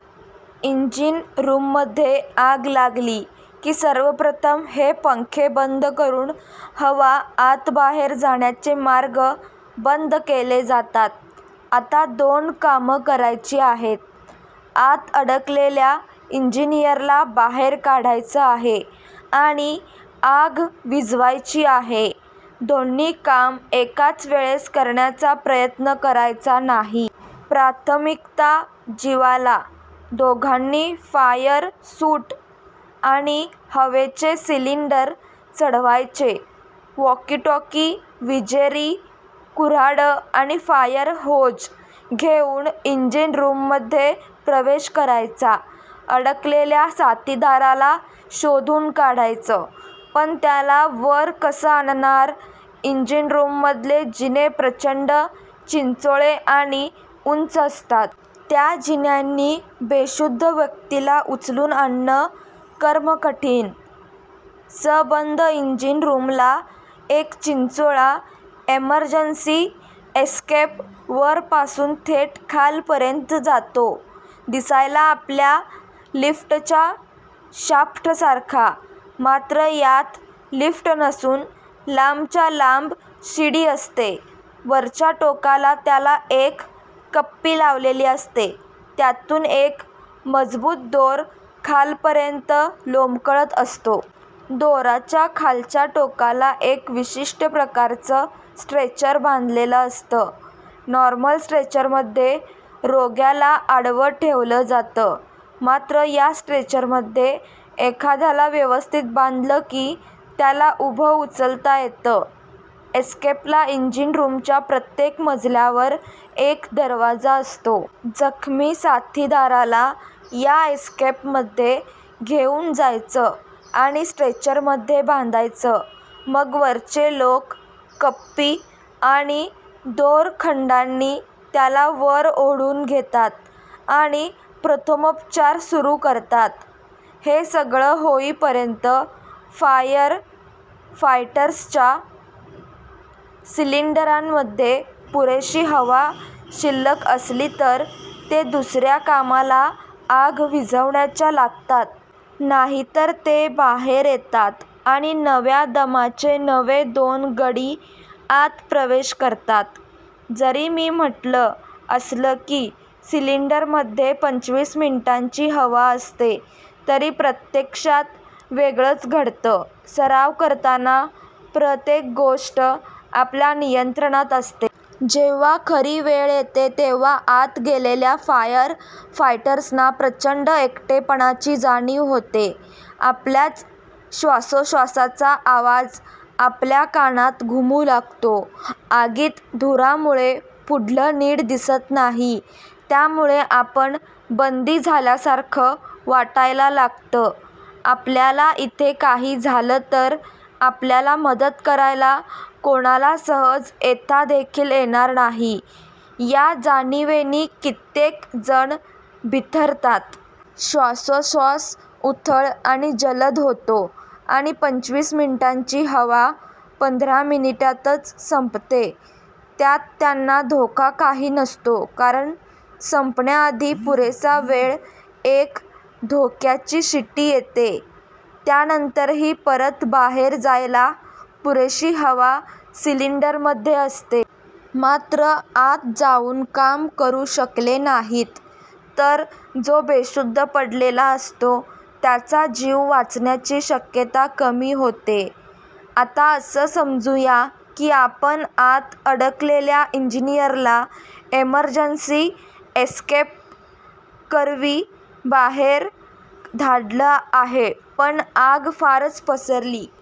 इंजिनरूममध्ये आग लागली की सर्वप्रथम हे पंखे बंद करून हवा आतबाहेर जाण्याचे मार्ग बंद केले जातात. आता दोन कामं करायची आहेत. आत अडकलेल्या इन्जिनियरला बाहेर काढायचं आहे आणि आग विझवायची आहे. दोन्ही कामं एकाच वेळेस करण्याचा प्रयत्न करायचा नाही. प्राथमिकता जिवाला. दोघांनी फायर सूट आणि हवेचे सिलिंडर चढवायचे, वॉकी टॉकी, विजेरी, कुर्हाड आणि फायर होज घेऊन इंजिन रूममध्ये प्रवेश करायचा. अडकलेल्या साथिदाराला शोधून काढायचं, पण त्याला वर कसं आणणार? इंजिनरूममधले जिने प्रचंड चिंचोळे आणि उंच असतात. त्या जिन्यांनी बेशुद्ध व्यक्तीला उचलून आणणं कर्मकठीण! सबंद इंजिन रूमला एक चिंचोळा इमर्जन्सी एस्केप वरपासून थेट खालपर्यंत जातो. दिसायला आपल्या लिफ्टच्या शाफ्टसारखा. मात्र यात लिफ्ट नसून लांबच्या लांब शिडी असते. वरच्या टोकाला त्याला एक कप्पी लावलेली असते त्यातून एक मजबूत दोर खालपर्यंत लोंबकळत असतो. दोराच्या खालच्या टोकाला एक विशिष्ट प्रकारचं स्ट्रेचर बांधलेलं असतं. नॉर्मल स्ट्रेचरमध्ये रोग्याला आडवं ठेवलं जातं. मात्र या स्ट्रेचरमध्ये एखाद्याला व्यवस्थित बांधलं की त्याला उभं उचलता येतं. एस्केपला इंजिन रूमच्या प्रत्येक मजल्यावर एक दरवाजा असतो. जखमी साथिदाराला या एस्केपमध्ये घेऊन जायचं आणि स्ट्रेचरमध्ये बांधायचं. मग वरचे लोक कप्पी आणि दोरखंडानी त्याला वर ओढून घेतात आणि प्रथमोपचार सुरू करतात. हे सगळं होईपर्यंत फायर फायटर्सच्या सिलिंडरांमध्ये पुरेशी हवा शिल्लक असली तर ते दुसर्या कामाला – आग विझवण्याच्या – लागतात. नाहीतर ते बाहेर येतात आणि नव्या दमाचे नवे दोन गडी आत प्रवेश करतात. जरी मी म्हटलं असलं की सिलिंडरमध्ये पंचवीस मिनिटांची हवा असते, तरी प्रत्यक्षात वेगळंच घडतं. सराव करताना प्रतेक गोष्ट आपल्या नियंत्रणात असते. जेव्हां खरी वेळ येते तेव्हां आत गेलेल्या फायर फायटर्सना प्रचंड एकटेपणाची जाणीव होते. आपल्याच श्वासोश्वासाचा आवाज आपल्या कानात घुमू लागतो. आगीत धुरामुळे पुढलं नीट दिसत नाही त्यामुळे आपण बंदी झाल्यासारखं वाटायला लागतं. आपल्याला इथे काही झालं तर आपल्याला मदत करायला कोणाला सहज येता देखील येणार नाही या जाणिवेनी कित्येक जण बिथरतात. श्वासोश्वास उथळ आणि जलद होतो आणि पंचवीस मिनिटांची हवा पंधरा मिनिटातच संपते. त्यात त्यांना धोका काही नसतो कारण संपण्याआधी पुरेसा वेळ एक धोक्याची शिटी येते. त्यानंतरही परत बाहेर जायला पुरेशी हवा सिलिंडरमध्ये असते. मात्र आत जाऊन काम करू शकले नाहीत तर जो बेशुद्ध पडलेला असतो त्याचा जीव वाचण्याची शक्यता कमी होते. आता असं समजू या की आपण आत अडकलेल्या इंजिनियरला इमर्जन्सी एस्केपकरवी बाहेर धाडलं आहे पण आग फारच पसरली